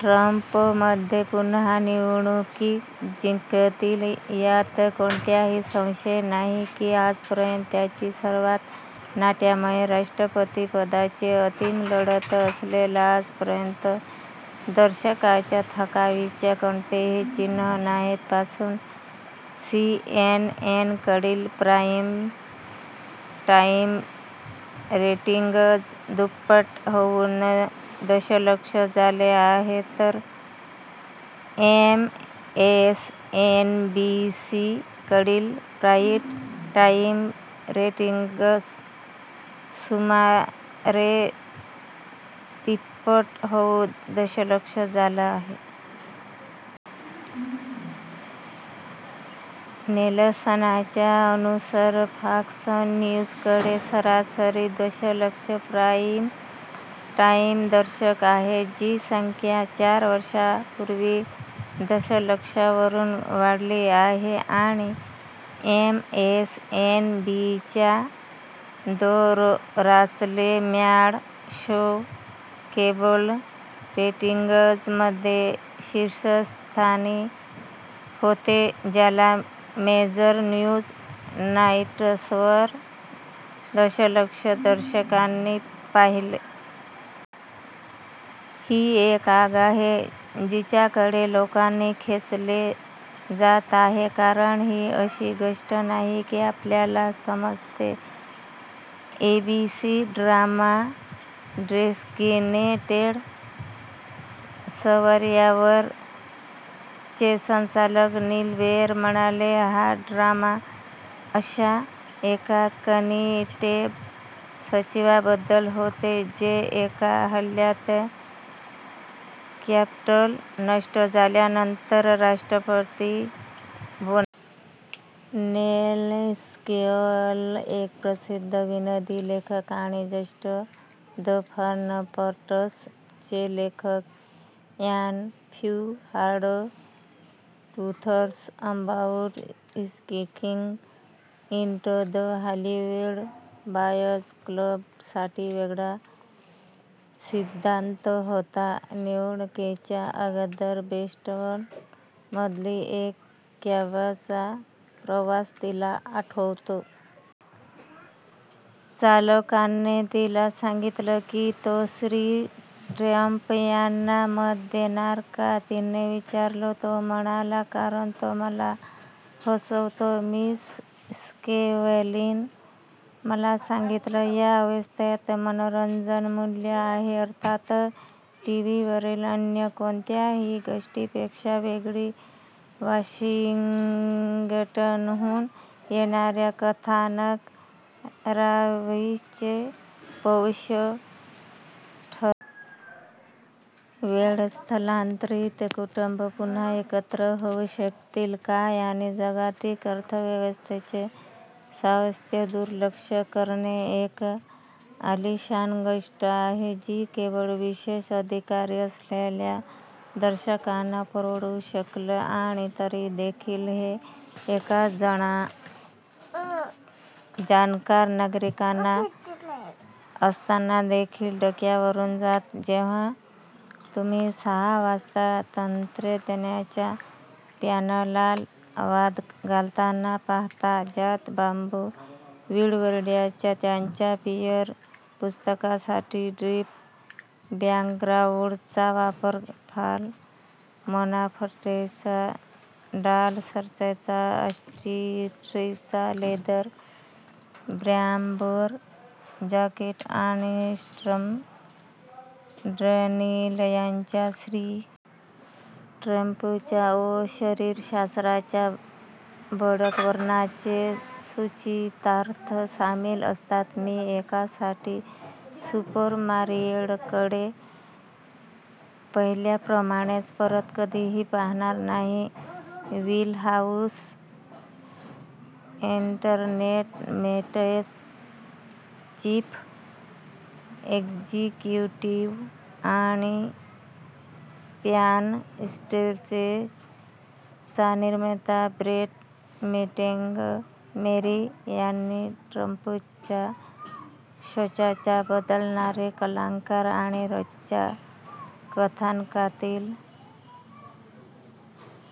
Trump मध्ये पुन्हा निवडणूक जिंकतील. यात कोणताही संशय नाही की "आजपर्यंतची सर्वात नाट्यमय राष्ट्रपतीपदाची अंतिम लढत असेल! " आजपर्यंत, दर्शकांच्या थकव्याची कोणतीही चिन्हे नाहीत. पासून, सीएनएनकडील प्राईम-टाईम रेटिंग्ज दुप्पट होऊन दशलक्ष झाले आहे, तर एमएसएनबीसीकडील प्राईम-टाईम रेटिंग्ज सुमारे तिप्पट होऊन दशलक्ष झाले आहे. नेल्सनच्या अनुसार, फॉक्स न्यूजकडे सरासरी दशलक्ष प्राईम-टाईम दर्शक आहेत, जी संख्या चार वर्षांपूर्वी दशलक्षवरून वाढली आहे, आणि एमएसएनबीसीच्या "the Rachel Maddow show" cable रेटिंग्जमध्ये शीर्षस्थानी होते, ज्याला मेजर न्यूज नाईट्सवर दशलक्ष दर्शकांनी पाहिले. "ही एक आग आहे जिच्याकडे लोकांना खेचले जात आहे, कारण ही अशी गोष्ट नाही की आपल्याला समजते," एबीसी ड्रामा "डेसिग्नेटेड सर्वायवर"चे संचालक नील बेअर म्हणाले. हा ड्रामा अशा एका कॅबिनेट सचिवाबद्दल होता, जो एका हल्ल्यात कॅपिटोल नष्ट झाल्यानंतर राष्ट्रपती बनतो. नेल स्कोव्हेल, एक प्रसिद्ध विनोदी लेखक आणि "जस्ट द फनी पार्ट्स चे लेखक: and few hard truths about sneaking into the Hollywood boys" club," साठी वेगळा सिद्धांत होता. निवडणुकीअगोदर बोस्टनमधील एक कॅबचा प्रवास तिला आठवतो. चालकाने तिला सांगितले की तो श्री. ट्रम्प यांना मत देणार. का? तिने विचारले. "तो म्हणाला, "कारण तो मला हसवतो," मिस स्कोव्हेलनी मला सांगितले. या अव्यवस्थेत मनोरंजन मूल्य आहे. अर्थातच, टीव्हीवरील अन्य कोणत्याही गोष्टीपेक्षा वेगळी, वाशिंग्टनहून येणारे कथानक रॉ व्हीचे भविष्य ठरवेल. वेड, स्थलांतरित कुटुंबे पुन्हा एकत्र होऊ शकतील काय आणि जागतिक अर्थव्यवस्थेचे स्वास्थ्य. दुर्लक्ष करणे एक आलीशान गोष्ट आहे, जी केवळ विशेषाधिकार असलेल्या दर्शकांना परवडू शकेल. आणि तरी देखील, हे एका जाणकार नागरिक असताना देखील डोक्यावरून जाते, जेव्हा तुम्ही सहा वाजता तज्ज्ञांच्या पॅनलला वाद घालताना पाहता, ज्यात बॉब वूडवर्डचा त्याच्या "फियर" पुस्तकासाठी "डीप बॅकग्राउंड"चा वापर, पॉल मॅनाफोर्टचा डॉलर्सचा ऑस्ट्रिच-लेदर बॉम्बर जाकीट आणि स्टॉर्मी डॅनियलच्या श्री. ट्रम्पचे, अं, शरीरशास्त्राच्या भडक वर्णनाचे सूचितार्थ सामील असतात. मी, एकासाठी, सुपर मारियोकडे पहिल्याप्रमाणेच परत कधीही पाहणार नाही. "व्हीलहाऊस एंटरटेनमेंटचे चीफ एक्झिक्युटिव्ह आणि "पॉन स्टार्स"चा निर्माता ब्रेंट मोंटेगो मेरी यांनी ट्रम्पच्या शोच्या बदलणारे कलाकार आणि रोजच्या कथानकातील